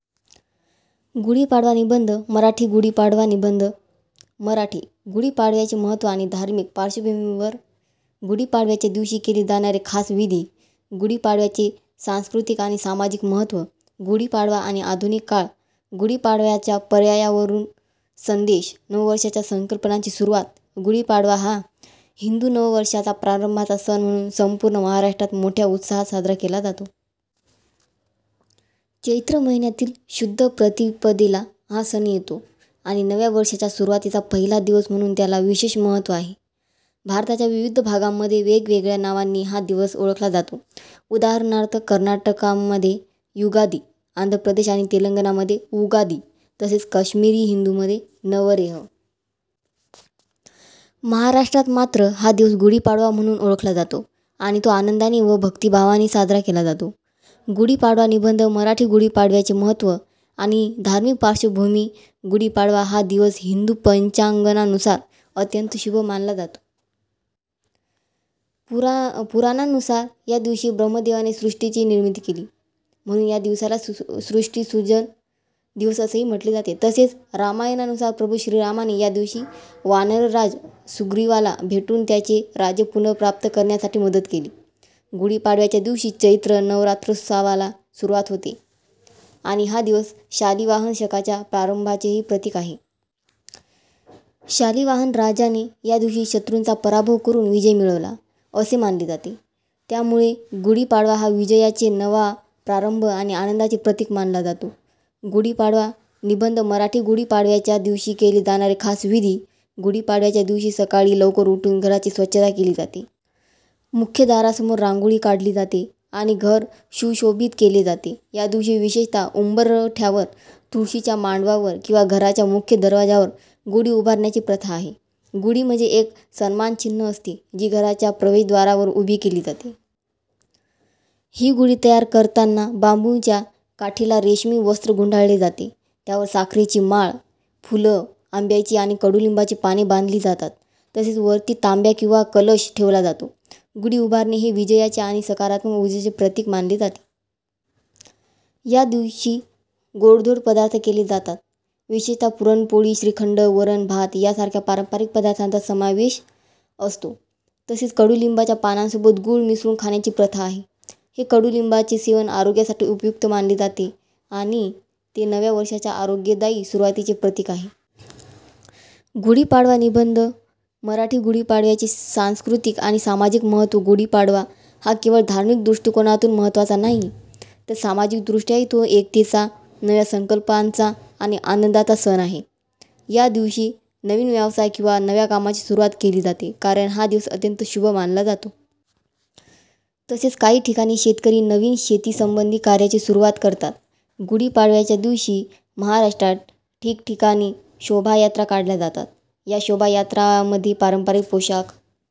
गुढीपाडवा निबंध मराठी गुढीपाडवा निबंध मराठी गुढीपाडव्याचे महत्त्व आणि धार्मिक पार्श्वभूमी गुढीपाडव्याच्या दिवशी केले जाणारे खास विधी गुढीपाडव्याचे सांस्कृतिक आणि सामाजिक महत्त्व गुढीपाडवा आणि आधुनिक काळ गुढीपाडव्याचा पर्यावरणपूरक संदेश नववर्षाच्या संकल्पांची सुरुवात गुढीपाडवा हा हिंदू नववर्षाच्या प्रारंभाचा सण म्हणून संपूर्ण महाराष्ट्रात मोठ्या उत्साहात साजरा केला जातो. चैत्र महिन्यातील शुद्ध प्रतिपदेला हा सण येतो आणि नव्या वर्षाच्या सुरुवातीचा पहिला दिवस म्हणून त्याला विशेष महत्त्व आहे. भारताच्या विविध भागांमध्ये वेगवेगळ्या नावांनी हा दिवस ओळखला जातो, उदा. कर्नाटकमध्ये युगादी, आंध्रप्रदेश आणि तेलंगणामध्ये उगादी, तसेच काश्मिरी हिंदूंमध्ये नवरेह. महाराष्ट्रात मात्र हा दिवस गुढीपाडवा म्हणून ओळखला जातो आणि तो आनंदाने व भक्तिभावाने साजरा केला जातो. गुढीपाडवा निबंध मराठी गुढीपाडव्याचे महत्त्व आणि धार्मिक पार्श्वभूमी गुढीपाडवा हा दिवस हिंदू पंचांगानुसार अत्यंत शुभ मानला जातो. पुराणांनुसार या दिवशी ब्रह्मदेवाने सृष्टीची निर्मिती केली, म्हणून या दिवसाला सृष्टी सृजन दिवस असेही म्हटले जाते. तसेच, रामायणानुसार प्रभू श्रीरामाने या दिवशी वानरराज सुग्रीवाला भेटून त्याचे राज्य पुनर्प्राप्त करण्यासाठी मदत केली. गुढीपाडव्याच्या दिवशी चैत्र नवरात्रोत्सवाला सुरुवात होते आणि हा दिवस शालिवाहन शकाच्या प्रारंभाचेही प्रतीक आहे. शालिवाहन राजाने या दिवशी शत्रूंचा पराभव करून विजय मिळवला, असे मानले जाते. त्यामुळे गुढीपाडवा हा विजयाचे, नवा प्रारंभ आणि आनंदाचे प्रतीक मानला जातो. गुढीपाडवा निबंध मराठी गुढीपाडव्याच्या दिवशी केले जाणारे खास विधी गुढीपाडव्याच्या दिवशी सकाळी लवकर उठून घराची स्वच्छता केली जाते. मुख्य दारासमोर रांगोळी काढली जाते आणि घर सुशोभित केले जाते. या दिवशी विशेषतः उंबरठ्यावर तुळशीच्या मांडवावर किंवा घराच्या मुख्य दरवाज्यावर गुढी उभारण्याची प्रथा आहे. गुढी म्हणजे एक सन्मानचिन्ह असते, जी घराच्या प्रवेशद्वारावर उभी केली जाते. ही गुढी तयार करताना बांबूच्या काठीला रेशमी वस्त्र गुंडाळले जाते, त्यावर साखरेची माळ, फुलं, आंब्याची आणि कडुलिंबाची पाने बांधली जातात, तसेच वरती तांब्या किंवा कलश ठेवला जातो. गुढी उभारणे हे विजयाचे आणि सकारात्मक ऊर्जेचे प्रतीक मानले जाते. या दिवशी गोडधोड पदार्थ केले जातात. विशेषतः पुरणपोळी, श्रीखंड, वरण भात यासारख्या पारंपरिक पदार्थांचा समावेश असतो. तसेच, कडुलिंबाच्या पानांसोबत गूळ मिसळून खाण्याची प्रथा आहे. हे कडुलिंबाचे सेवन आरोग्यासाठी उपयुक्त मानले जाते आणि ते नव्या वर्षाच्या आरोग्यदायी सुरुवातीचे प्रतीक आहे. गुढीपाडवा निबंध मराठी गुढीपाडव्याचे सांस्कृतिक आणि सामाजिक महत्त्व गुढीपाडवा हा केवळ धार्मिक दृष्टिकोनातून महत्त्वाचा नाही, तर सामाजिकदृष्ट्याही तो एकतेचा, नव्या संकल्पांचा आणि आनंदाचा सण आहे. या दिवशी नवीन व्यवसाय किंवा नव्या कामाची सुरुवात केली जाते, कारण हा दिवस अत्यंत शुभ मानला जातो. तसेच, काही ठिकाणी शेतकरी नवीन शेतीसंबंधी कार्यांची सुरुवात करतात. गुढीपाडव्याच्या दिवशी महाराष्ट्रात ठिकठिकाणी शोभायात्रा काढल्या जातात. या शोभायात्रांमध्ये पारंपरिक पोशाख